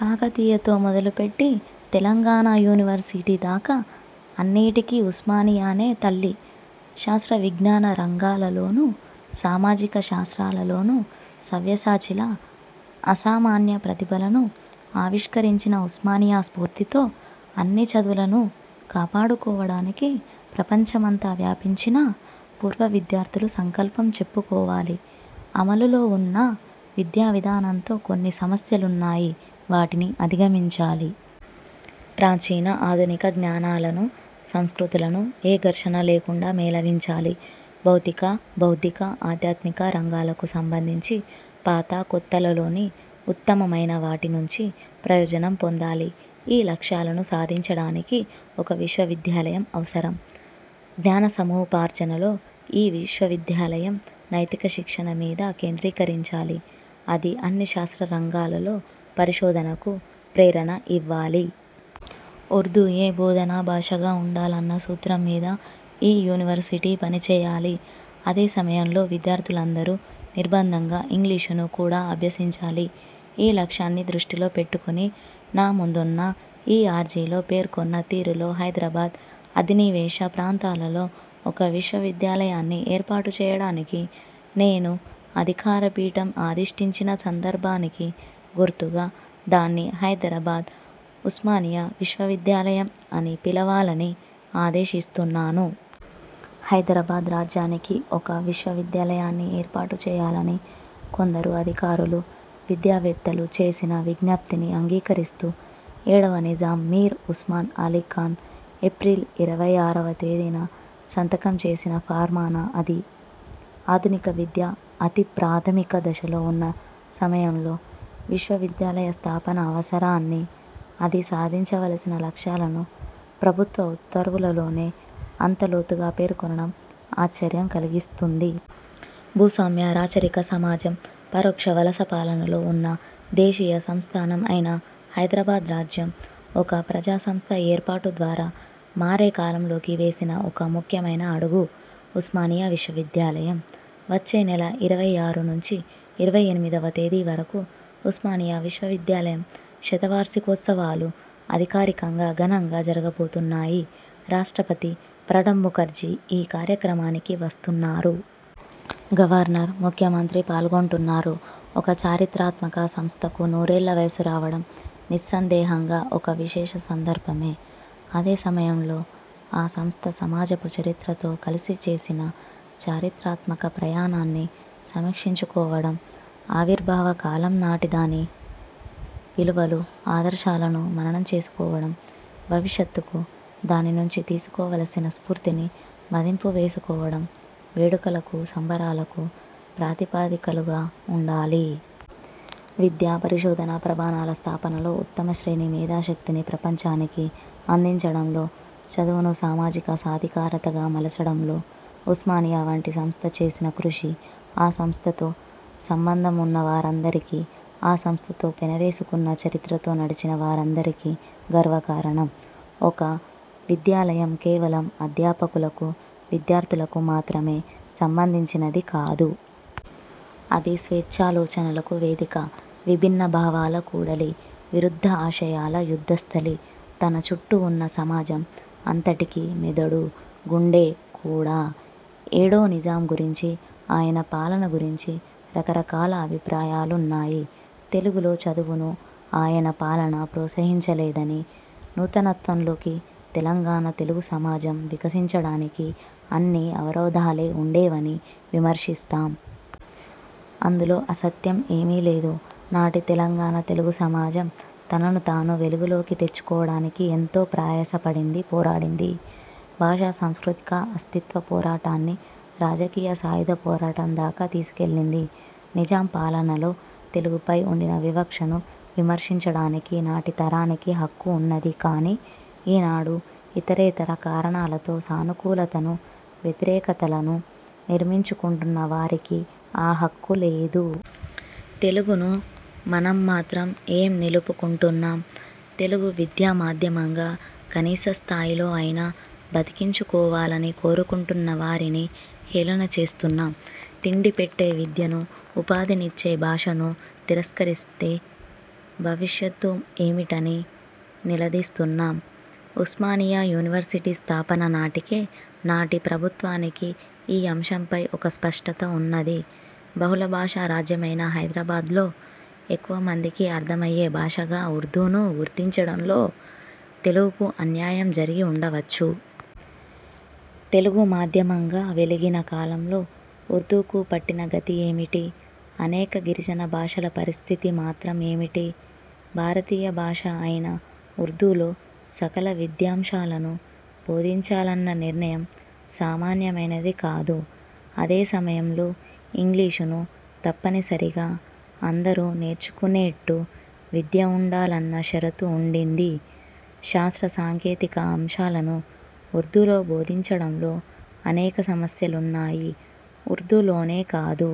కాకతీయతో మొదలుపెట్టి, తెలంగాణ యూనివర్సిటీ దాకా అన్నిటికీ ఉస్మానియాయే తల్లి. శాస్త్రవిజ్ఞాన రంగాలలోను, సామాజిక శాస్త్రాలలోను సవ్యసాచిలా అసామాన్య ప్రతిభలను ఆవిష్క రించిన ఉస్మానియా స్ఫూర్తితో, అన్ని చదువులను కాపాడుకోవడానికి ప్రపంచమంతా వ్యాపించిన పూర్వవిద్యార్థులు సంకల్పం చెప్పుకోవాలి. 'అమలులో ఉన్న విద్యావిధానంతో కొన్ని సమస్యలున్నాయి. వాటిని అధిగమించాలి. ప్రాచీన, ఆధునిక జ్ఞానాలను, సంస్కృతులను ఏ ఘర్షణా లేకుండా మేళవించాలి. భౌతిక, బౌద్ధిక, ఆధ్యాత్మిక రంగాలకు సంబంధించి పాతకొత్తలలోని ఉత్తమమైనవాటి నుంచి ప్రయోజనం పొందాలి. ఈ లక్ష్యాలను సాధించడానికి ఒక విశ్వవిద్యాలయం అవసరం. జ్ఞాన సముపార్జనలో ఈ విశ్వవిద్యాలయం నైతిక శిక్షణ మీద కేంద్రీకరించాలి. అది అన్ని శాస్త్రరంగాలలో పరిశోధనకు ప్రేరణ ఇవ్వాలి. ఉర్దూయే బోధనాభాషగా ఉండాలన్న సూత్రం మీద ఈ యూనివర్సిటీ పనిచేయాలి. అదే సమయంలో విద్యార్థులందరూ నిర్బంధంగా ఇంగ్లీషును కూడా అభ్యసించాలి. ఈ లక్ష్యాన్ని దృష్టిలో పెట్టుకుని, నాముందున్న ఈ అర్జీలో పేర్కొన్న తీరులో హైదరాబాద్ అధినివేశ ప్రాంతాలలో ఒక విశ్వవిద్యాలయాన్ని ఏర్పాటు చేయడానికి, నేను అధికారపీఠం అధిష్ఠించిన సందర్భానికి గుర్తుగా దాన్ని హైదరాబాద్ ఉస్మానియా విశ్వవిద్యాలయం అని పిలవాలని ఆదేశిస్తున్నాను. ' హైదరాబాద్ రాజ్యానికి ఒక విశ్వవిద్యాలయాన్ని ఏర్పాటు చేయాలని కొందరు అధికారులు, విద్యావేత్తలు చేసిన విజ్ఞప్తిని అంగీకరిస్తూ ఏడవ నిజాం మీర్ ఉస్మాన్ అలీ ఖాన్ ఏప్రిల్ ఇరవై ఆరువ తేదీన సంతకం చేసిన ఫర్మానా అది. ఆధునిక విద్య అతి ప్రాథమిక దశలో ఉన్న సమయంలో విశ్వవిద్యాలయ స్థాపన అవసరాన్ని, అది సాధించవలసిన లక్ష్యాలను ప్రభుత్వ ఉత్తర్వులోనే అంత లోతుగా పేర్కొనడం ఆశ్చర్యం కలిగిస్తుంది. భూస్వామ్య-రాచరిక సమాజం, పరోక్ష వలస పాలనలో ఉన్న దేశీయ సంస్థానం అయిన హైదరాబాద్ రాజ్యం, ఒక ప్రజాసంస్థ ఏర్పాటు ద్వారా, మారే కాలంలోకి వేసిన ఒక ముఖ్యమైన అడుగు- ఉస్మానియా విశ్వవిద్యాలయం. వచ్చే నెల ఇరవై ఆరు నుంచి ఇరవై ఎనిమిదివ తేదీ వరకు ఉస్మానియా విశ్వవిద్యాలయం శతవార్షికోత్సవాలు అధికారికంగా ఘనంగా జరగబోతున్నాయి రాష్ట్రపతి ప్రణబ్ముఖర్జీ ఈ కార్యక్రమానికి వస్తున్నారు. గవర్నర్, ముఖ్యమంత్రి పాల్గొంటున్నారు. ఒక చారిత్రాత్మక సంస్థకు నూరేళ్ల వయస్సు రావడం నిస్సందేహంగా ఒక విశేష సందర్భమే. అదే సమయంలో ఆ సంస్థ సమాజపు చరిత్రతో కలిసి చేసిన చరిత్రాత్మక ప్రయాణాన్ని సమీక్షించుకోవడం, ఆవిర్భావకాలం నాటి దాని విలువలు, ఆదర్శాలను మననం చేసుకోవడం, భవిష్యత్తుకు దాని నుంచి తీసుకోవలసిన స్ఫూర్తిని మదింపువేసుకోవడం వేడుకలకు, సంబరాలకు ప్రాతిపదికలుగా ఉండాలి. విద్యా, పరిశోధనా ప్రమాణాల స్థాపనలో, ఉత్తమశ్రేణి మేధాశక్తిని ప్రపంచానికి అందించడంలో, చదువును సామాజిక సాధికారతగా మలచడంలో ఉస్మానియా వంటి సంస్థ చేసిన కృషి ఆ సంస్థతో సంబంధం ఉన్నవారందరికీ, ఆ సంస్థతో పెనవేసుకున్న చరిత్రతో నడిచిన వారందరికీ గర్వకారణం. ఒక విద్యాలయం కేవలం అధ్యాపకులకు, విద్యార్థులకు మాత్రమే సంబంధించినది కాదు. అది స్వేచ్ఛాలోచనలకు వేదిక, విభిన్న భావాల కూడలి, విరుద్ధ ఆశయాల యుద్ధస్థలి, తన చుట్టూ ఉన్న సమాజం అంతటికీ మెదడూ, గుండే కూడా. ఏడో నిజాం గురించి, ఆయన పాలన గురించి రకరకాల అభిప్రాయాలున్నాయి. తెలుగులో చదువును ఆయన పాలన ప్రోత్సహించలేదని, నూతనత్వంలోకి తెలంగాణ తెలుగు సమాజం వికసించడానికి అన్నీ అవరోధాలే ఉండేవని విమర్శిస్తాం. అందులో అసత్యం ఏమీ లేదు. నాటి తెలంగాణ తెలుగుసమాజం తనను తాను వెలుగులోకి తెచ్చుకోవడానికి ఎంతో ప్రయాస పడింది, పోరాడింది. భాషా సాంస్కృతిక అస్తిత్వ పోరాటాన్ని రాజకీయ సాయుధపోరాటం దాకా తీసుకువెళ్లింది. నిజాం పాలనలో తెలుగుపై ఉండిన వివక్షను విమర్శించడానికి నాటి తరానికి హక్కు ఉన్నది కానీ, ఈ నాడు ఇతరేతర కారణాలతో సానుకూలతను, వ్యతిరేకతలను నిర్మించుకుంటున్న వారికి ఆ హక్కు లేదు. తెలుగును మనం మాత్రం ఏం నిలుపుకుంటున్నాం? తెలుగు విద్యామాధ్యమంగా కనీసస్థాయిలో అయినా బతికించుకోవాలని కోరుకుంటున్నవారిని హేళన చేస్తున్నాం, తిండిపెట్టే విద్యను, ఉపాధినిచ్చే భాషను తిరస్కరిస్తే భవిష్యత్తు ఏమిటని నిలదీస్తున్నాం. ఉస్మానియా యూనివర్సిటీ స్థాపన నాటికే నాటి ప్రభుత్వానికి ఈ అంశంపై ఒక స్పష్టత ఉన్నది. బహుళభాషా రాజ్యమైన హైదరాబాద్లో ఎక్కువమందికి అర్థమయ్యే భాషగా ఉర్దూను గుర్తించడంలో, తెలుగుకు అన్యాయం జరిగి ఉండవచ్చు. తెలుగుమాధ్యమంగా వెలిగిన కాలంలో, ఉర్దూకు పట్టిన గతి ఏమిటి? అనేక గిరిజన భాషల పరిస్థితి మాత్రం ఏమిటి? భారతీయ భాష అయిన ఉర్దూలో సకల విద్యాంశాలనూ బోధించాలన్న నిర్ణయం సామాన్యమైనది కాదు. అదే సమయంలో, ఇంగ్లీషును తప్పనిసరిగా అందరూ నేర్చుకునేట్టు విద్య ఉండాలన్న షరతూ ఉండింది. శాస్త్రసాంకేతిక అంశాలను ఉర్దూలో బోధించడంలో అనేక సమస్యలున్నాయి. ఉర్దూలోనే కాదు,